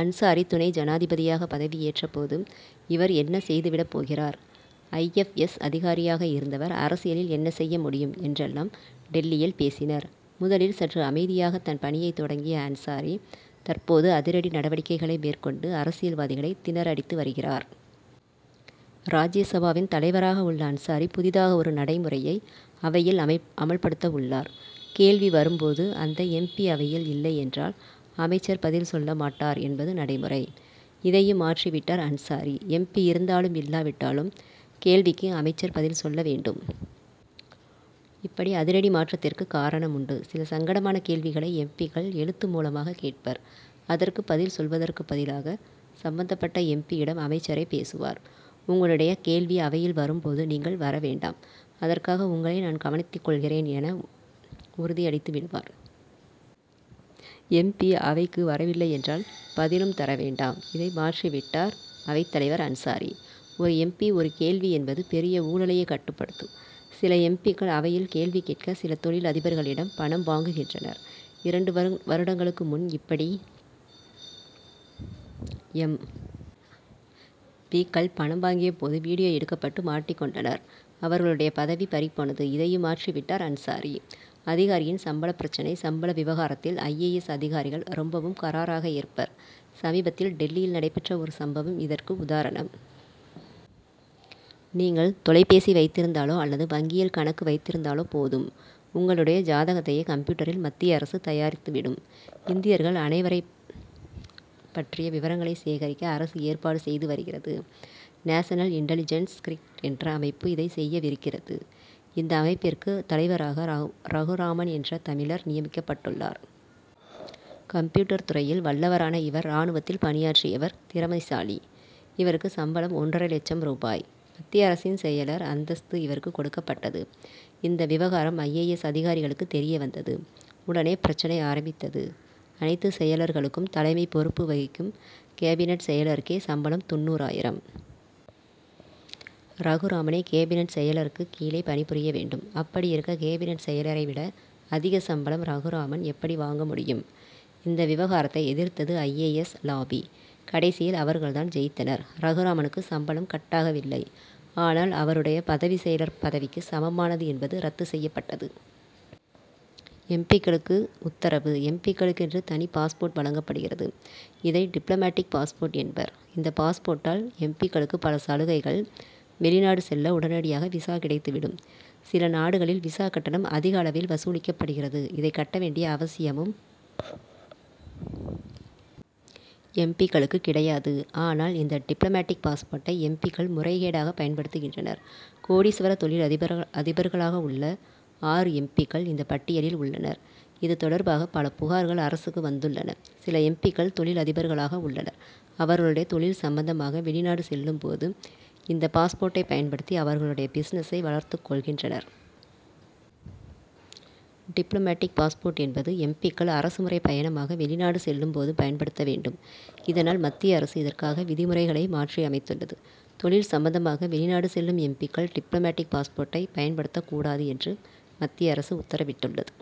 அன்சாரி, துணை ஜனாதிபதியாக பதவியேற்ற போது, 'இவர் என்ன செய்துவிடப் போகிறார்? ஐ. எப். எஸ். அதிகாரியாக இருந்தவர் அரசியலில் என்ன செய்ய முடியும்? ' என்றெல்லாம் டில்லியில் பேசினர். முதலில் சற்று அமைதியாக தன் பணியைத் தொடங்கிய அன்சாரி, தற்போது அதிரடி நடவடிக்கைகளை மேற்கொண்டு அரசியல்வாதிகளை திணற அடித்து வருகிறார். ராஜ்யசபாவின் தலைவராக உள்ள அன்சாரி, புதிதாக ஒரு நடைமுறையை அவையில் அமல்படுத்த உள்ளார். 'கேள்வி வரும் போது அந்த எம். பி., அவையில் இல்லையென்றால் அமைச்சர் பதில் சொல்லமாட்டார்' என்பது நடைமுறை. இதையும் மாற்றிவிட்டார் அன்சாரி. எம். பி., இருந்தாலும் இல்லாவிட்டாலும் கேள்விக்கு அமைச்சர் பதில் சொல்ல வேண்டும். இப்படி அதிரடி மாற்றத்திற்கு காரணம் உண்டு. சில சங்கடமான கேள்விகளை எம். பி.,க்கள் எழுத்து மூலமாக கேட்பர். அதற்குப் பதில் சொல்வதற்கு பதிலாக சம்பந்தப் பட்ட எம். பி.,யிடம் அமைச்சரே பேசுவார். 'உங்களுடைய கேள்வி அவையில் வரும் போது நீங்கள் வர வேண்டாம்; அதற்காக உங்களை நான் கவனித்துக் கொள்கிறேன்' என்று உறுதி அளித்துவிடுவார். எம். பி., அவைக்கு வரவில்லையென்றால், பதிலும் தர வேண்டாம். இதை மாற்றிவிட்டார் அவைத் தலைவர் அன்சாரி. ஒரு எம். பி. ஒரு கேள்வி என்பது பெரிய ஊழலையே கட்டுப்படுத்தும். சில எம். பி.,க்கள் அவையில் கேள்வி கேட்க சில தொழிலதிபர்களிடம் பணம் வாங்குகின்றனர். இரண்டு வரூங்வருடங்களுக்கு முன் இப்படி எம். பி.,க்கள் பணம் வாங்கிய போது, வீடியோ எடுக்கப்பட்டு மாட்டிக் கொண்டனர். அவர்களுடைய பதவி பறிபோனது. இதையும் மாற்றிவிட்டார் அன்சாரி. அதிகாரியின் சம்பளப் பிரச்னை சம்பள விவகாரத்தில் ஐ. ஏ. எஸ்., அதிகாரிகள் ரொம்பவும் கறாராக இருப்பர். சமீபத்தில், டில்லியில் நடைபெற்ற ஒரு சம்பவம் இதற்கு உதாரணம். நீங்கள் தொலைபேசி வைத்திருந்தாலோ அல்லது வங்கியில் கணக்கு வைத்திருந்தாலோ போதும், உங்களுடைய ஜாதகத்தையே கம்ப்யூட்டரில் மத்திய அரசு தயாரித்துவிடும். இந்தியர்கள் அனைவரைப் பற்றிய விவரங்களை சேகரிக்க அரசு ஏற்பாடு செய்து வருகிறது. 'நேஷனல் இன்டெலிஜென்ஸ் கிரிட்' என்ற அமைப்பு இதைச் செய்யவிருக்கிறது. இந்த அமைப்பிற்கு தலைவராக ரகுராமன் என்ற தமிழர் நியமிக்கப்பட்டுள்ளார். கம்ப்யூட்டர் துறையில் வல்லவரான இவர், ராணுவத்தில் பணியாற்றியவர், திறமைசாலி. இவருக்கு சம்பளம் ஒன்றரை லட்சம் ரூபாய். மத்திய அரசின் செயலர் அந்தஸ்து இவருக்குக் கொடுக்கப்பட்டது. இந்த விவகாரம் ஐ. ஏ. எஸ்., அதிகாரிகளுக்கு தெரியவந்தது. உடனே பிரச்னை ஆரம்பித்தது. அனைத்து செயலர்களுக்கும் தலைமை பொறுப்பு வகிக்கும் கேபினட் செயலருக்கே சம்பளம் தொண்ணூறு ஆயிரம். ரகுராமனே கேபினட் செயலருக்கு கீழே பணிபுரிய வேண்டும். அப்படியிருக்க, கேபினட் செயலரை விட அதிக சம்பளம் ரகுராமன் எப்படி வாங்க முடியும்? இந்த விவகாரத்தை எதிர்த்தது ஐ. ஏ. S., lobby. கடைசியில் அவர்கள் தான் ஜெயித்தனர். ரகுராமனுக்கு சம்பளம், 'கட்' ஆகவில்லை. ஆனால், அவருடைய பதவி செயலர் பதவிக்கு சமமானது என்பது ரத்து செய்யப்பட்டது. எம். பி.,க்களுக்கு உத்தரவு எம். பி.,க்களுக்கென்று தனி பாஸ்போர்ட் வழங்கப்படுகிறது. இதை டிப்ளமேடிக் பாஸ்போர்ட் என்பர். இந்த பாஸ்போர்ட்டால் எம். பி.,க்களுக்கு பல சலுகைகள். வெளிநாடு செல்ல உடனடியாக விசா கிடைத்துவிடும். சில நாடுகளில் விசா கட்டணம் அதிக அளவில் வசூலிக்கப்படுகிறது. இதைக் கட்ட வேண்டிய அவசியமும் எம். எம்.பி.,க்களுக்குக் கிடையாது. ஆனால், இந்த டிப்ளமேடிக் பாஸ்போர்ட்டை எம். பி.,க்கள் முறைகேடாக பயன்படுத்துகின்றனர். கோடீஸ்வர தொழில்தீபர்களா தொழிலதிபர்களாக உள்ள ஆறு எம். பி.,க்கள், இந்த பட்டியலில் உள்ளனர். இது தொடர்பாக பல புகார்கள் அரசுக்கு வந்துள்ளன. சில எம். பி.,க்கள் தொழிலதிபர்களாக உள்ளனர். அவர்களுடைய தொழில் சம்பந்தமாக வெளிநாடு செல்லும் போது இந்த பாஸ்போர்ட்டை பயன்படுத்தி அவர்களுடைய பிசினசை வளர்த்துக் கொள்கின்றனர். டிப்ளமேடிக் பாஸ்போர்ட் என்பது எம். பி.,க்கள் அரசு முறைப் பயணமாக வெளிநாடு செல்லும் போது பயன்படுத்த வேண்டும். இதனால், மத்திய அரசு இதற்கான விதிமுறைகளை மாற்றி அமைத்துள்ளது. தொழில் சம்பந்தமாக வெளிநாடு செல்லும் எம். பி.,க்கள் டிப்ளமேடிக் பாஸ்போர்ட்டை பயன்படுத்தக்கூடாது என்று மத்திய அரசு உத்தரவிட்டுள்ளது.